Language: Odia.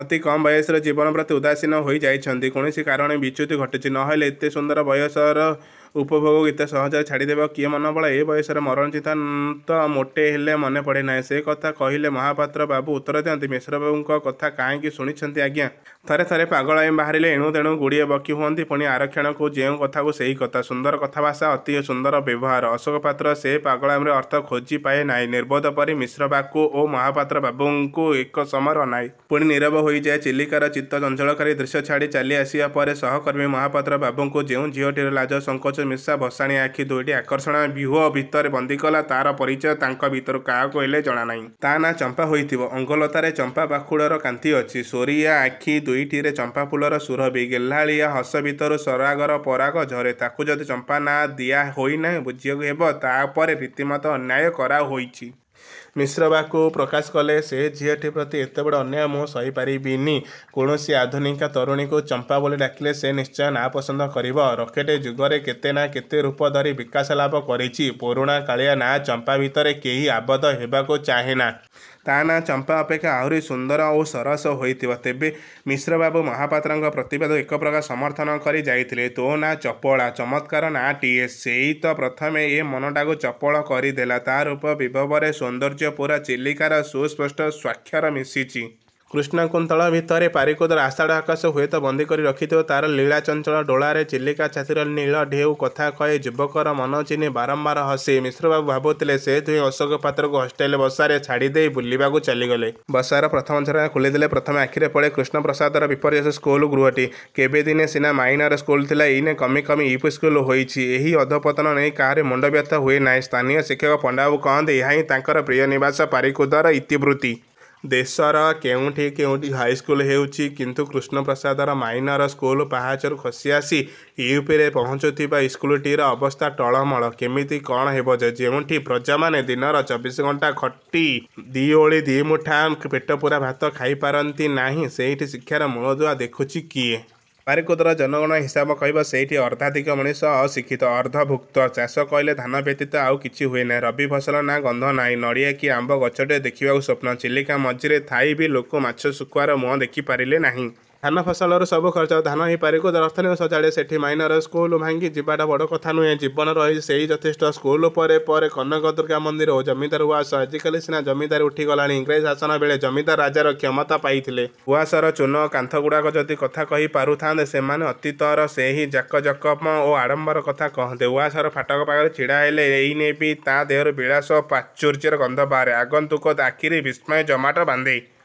ଅତି କମ୍ ବୟସରୁ ଜୀବନ ପ୍ରତି ଉଦାସୀନ ହୋଇଯାଇଛନ୍ତି। କୌଣସି କାରଣରୁ ବିଚ୍ୟୁତି ଘଟିଛି। ନହେଲେ ଏତେ ସୁନ୍ଦର ବୟସର ଉପଭୋଗକୁ ଏତେ ସହଜରେ ଛାଡ଼ି ଦେବାକୁ କିଏ ମନ ବଳାଏ? ଏ ବୟସରେ ମରଣ-ଚିନ୍ତା ତ ମୋଟେ ହେଲେ ମନେ ପଡ଼େନାହିଁ। ସେ କଥା କହିଲେ ମହାପାତ୍ର ବାବୁ ଉତ୍ତର ଦିଅନ୍ତି, 'ମିଶ୍ରବାବୁଙ୍କ କଥା କାହିଁକି ଶୁଣିଛନ୍ତି ଆଜ୍ଞା! ଥରେ ଥରେ ପାଗଳାମୀ ବାହାରିଲେ ଏଣୁ ତେଣୁ ଗୁଡ଼ିଏ ବକି ହୁଅନ୍ତି। ପୁଣି ଆରକ୍ଷଣକୁ ଯେଉଁ କଥାକୁ ସେହି କଥା। ସୁନ୍ଦର କଥାଭାଷା, ଅତି ସୁନ୍ଦର ବ୍ୟବହାର। ' ଅଶୋକ ପାତ୍ର ସେ ପାଗଳାମୀର ଅର୍ଥ ଖୋଜି ପାଏ ନାହିଁ। ନିର୍ବୋଧପରି ମିଶ୍ରବାକୁ ଓ ମହାପାତ୍ର ବାବୁଙ୍କୁ ଏକ ସମୟରେ ଅନାଏ। ପୁଣି ନୀରବ ହୋଇଯାଏ। ଚିଲିକାର ଚିତ୍ତ-ଚଞ୍ଚଳକାରୀ ଦୃଶ୍ୟ ଛାଡ଼ି ଚାଲି ଆସିବା ପରେ ସହକର୍ମୀ ମହାପାତ୍ର ବାବୁଙ୍କୁ ଯେଉଁ ଝିଅଟିର ଲାଜ, ସଙ୍କୋଚ ମିଶା ଭସାଣିଆ ଆଖି ଦୁଇଟି ଆକର୍ଷଣର ବ୍ୟୁହ ଭିତରେ ବନ୍ଦୀ କଲା, ତାର ପରିଚୟ ତାଙ୍କ ଭିତରୁ କାହାକୁ ହେଲେ ଜଣା ନାହିଁ। ତା ନାଁ 'ଚମ୍ପା' ହୋଇଥିବ। ଅଙ୍ଗଲତାରେ ଚମ୍ପା ପାଖୁଡ ର କାନ୍ତି ଅଛି। ସୋରିଆ ଆଖି ଦୁଇଟିରେ ଚମ୍ପାଫୁଲର ସୁରଭି। ଗେହ୍ଲାଳିଆ ହସ ଭିତରୁ ସରାଗର ପରାଗ ଝରେ। ତାକୁ ଯଦି ଚମ୍ପା ନାଁ ଦିଆ ହୋଇନାହିଁ, ବୁଝିବାକୁ ହେବ। ତା' ଉପରେ ରୀତିମତ ଅନ୍ୟାୟ କରା ହୋଇଛି। ମିଶ୍ରବାକୁ ପ୍ରକାଶ କଲେ। ସେ ଝିଅଟି ପ୍ରତି ଏତେବଡ଼ ଅନ୍ୟାୟ ମୁଁ ସହି ପାରିବିନି। କୌଣସି ଆଧୁନିକା ତରୁଣୀକୁ ଚମ୍ପା ବୋଲି ଡାକିଲେ ସେ ନିଶ୍ଚୟ ନାପସନ୍ଦ କରିବ। ରକେଟ୍ ଯୁଗରେ କେତେ ନାଁ କେତେ ରୂପ ଧରି ବିକାଶଲାଭ କରିଛି। ପୁରୁଣାକାଳିଆ ନାଁ 'ଚମ୍ପା' ଭିତରେ କେହି ଆବଦ୍ଧ ହେବାକୁ ଚାହେଁନା। ତା' ନାଁ 'ଚମ୍ପା' ଅପେକ୍ଷା ଆହୁରି ସୁନ୍ଦର ଓ ସରସ ହୋଇଥିବ। ତେବେ? ମିଶ୍ରବାବୁ ମହାପାତ୍ରଙ୍କ ପ୍ରତିବାଦକୁ ଏକ ପ୍ରକାର ସମର୍ଥନ କରି ଯାଇଥିଲେ-। 'ତୋ' ନାଁ ଚପଳା। ' ଚମତ୍କାର ନାଁଟିଏ। ସେଇ ତ ପ୍ରଥମେ ଏ ମନଟାକୁ ଚପଳ କରିଦେଲା। ତା' ରୂପ ବିଭବରେ ସୌନ୍ଦର୍ଯ୍ୟପୂରା ଚିଲିକାର ସୁସ୍ପଷ୍ଟ ସ୍ୱାକ୍ଷର ମିଶିଛି। କୃଷ୍ଣ କୁନ୍ତଳ ଭିତରେ ପାରିକୁଦର ଆଷାଢ଼ ଆକାଶକୁ ହୁଏତ ବନ୍ଦୀ କରି ରଖିଥିବ। ତାର ଲୀଳା ଚଞ୍ଚଳ ଡୋଳାରେ ଚିଲିକା-ଛାତିର-ନୀଳ-ଢେଉ କଥା କହେ। ଯୁବକର ମନ ଚିହ୍ନି ବାରମ୍ବାର ହସେ। ମିଶ୍ରବାବୁ ଭାବୁଥିଲେ। ସେ ଦୁହେଁ ଅଶୋକ ପାତ୍ରକୁ ହଷ୍ଟେଲ ବସାରେ ଛାଡ଼ିଦେଇ ବୁଲିବାକୁ ଚାଲିଗଲେ। ବସାର ପ୍ରଥମ ଝରକା ଖୋଲିଦେଲେ ପ୍ରଥମେ ଆଖିରେ ପଡ଼େ କୃଷ୍ଣପ୍ରସାଦର ବିପର୍ଯ୍ୟସ୍ତ ସ୍କୁଲ ଗୃହଟି। କେବେ ଦିନେ ସିନା ମାଇନର ସ୍କୁଲ ଥିଲା, ଏଇନେ କମି କମି ୟୁ. ପି. ସ୍କୁଲ ହୋଇଛି। ଏହି ଅଧୋପତନ ନେଇ କାହାରି ମୁଣ୍ଡବ୍ୟଥା ହୁଏନାହିଁ। ସ୍ଥାନୀୟ ଶିକ୍ଷକ ପଣ୍ଡାବାବୁ କହନ୍ତି, ଏହାହିଁ ତାଙ୍କରି ପ୍ରିୟ-ନିବାସ ପାରିକୁଦର ଇତିବୃତ୍ତି। ଦେଶର କେଉଁଠି କେଉଁଠି ହାଇସ୍କୁଲ ହେଉଛି। କିନ୍ତୁ କୃଷ୍ଣପ୍ରସାଦର 'ମାଇନର-ସ୍କୁଲ-ପାହାଚରୁ ଖସି-ଆସି ୟୁ. ପି. ରେ ପହୁଞ୍ଚିଥିବା' ଇସ୍କୁଲଟିର ଅବସ୍ଥା ଟଳମଳ। କେମିତି କଣ ହେବ ଯେ? ଯେଉଁଠି ପ୍ରଜାମାନେ ଦିନର ଚବିଶି ଘଣ୍ଟା ଖଟି ଦି' ଓଳି ଦି' ମୁଠା ପେଟପୁରା ଭାତ ଖାଇ ପାରନ୍ତି ନାହିଁ; ସେଇଠି ଶିକ୍ଷାର ମୂଳଦୁଆ ଦେଖୁଛି କିଏ? ପାରିକୁଦର ଜନଗଣନା ହିସାବ କହିବ, ସେଇଠି ଅର୍ଦ୍ଧାଧିକ ମଣିଷ ଅଶିକ୍ଷିତ; ଅର୍ଦ୍ଧଭୂକ୍ତ। ଚାଷ କହିଲେ ଧାନ ବ୍ୟତୀତ ଆଉ କିଛି ହୁଏ ନାହିଁ। ରବି ଫସଲ ନାଁ ଗନ୍ଧ ନାହିଁ। ନଡ଼ିଆ କି ଆମ୍ବ ଗଛଟିଏ ଦେଖିବାକୁ ସ୍ୱପ୍ନ। ଚିଲିକା ମଝିରେ ଥାଇ ବି ଲୋକେ ମାଛ ଶୁଖିଆର ମୁହଁ ଦେଖି ପାରିଲେ ନାହିଁ। ଧାନ ଫସଲରୁ ସବୁ ଖର୍ଚ୍ଚ। ଧାନହିଁ ପାରିକୁଦର ଅର୍ଥନୀତିକୁ ସଜାଡ଼େ। ସେଠି ମାଇନରସ୍କୁଲ ଭାଙ୍ଗି ଯିବାଟା ବଡ଼ କଥା ନୁହେଁ। ଜୀବନ ରହିଛି, ସେଇ ଯଥେଷ୍ଟ। ସ୍କୁଲ ପରେ ପରେ କନକ-ଦୁର୍ଗା ମନ୍ଦିର ଓ ଜମିଦାର ଉଆସ। ଆଜିକାଲି ସିନା ଜମିଦାରୀ ଉଠି ଗଲାଣି, ଇଂରାଜୀ ଶାସନ ବେଳେ ଜମିଦାର ରାଜାର କ୍ଷମତା ପାଇଥିଲେ। ଉଆସର ଚୂନ କାନ୍ଥଗୁଡ଼ାକ ଯଦି କଥା କହି ପାରୁଥାନ୍ତେ, ସେମାନେ ଅତୀତର ସେହି ଜାକଜକମ ଓ ଆଡ଼ମ୍ବର କଥା କହନ୍ତେ। ଉଆସର ଫାଟକ ପାଖରେ ଛିଡ଼ା ହେଲେ, ଏଇନେ ବି ତା' ଦେହରୁ ବିଳାସ ଓ ପ୍ରାଚୁର୍ଯ୍ୟର ଗନ୍ଧ ବାହାରେ। ଆଗନ୍ତୁକ ଆଖିରେ ବିସ୍ମୟ ଜମାଟ ବାନ୍ଧେ।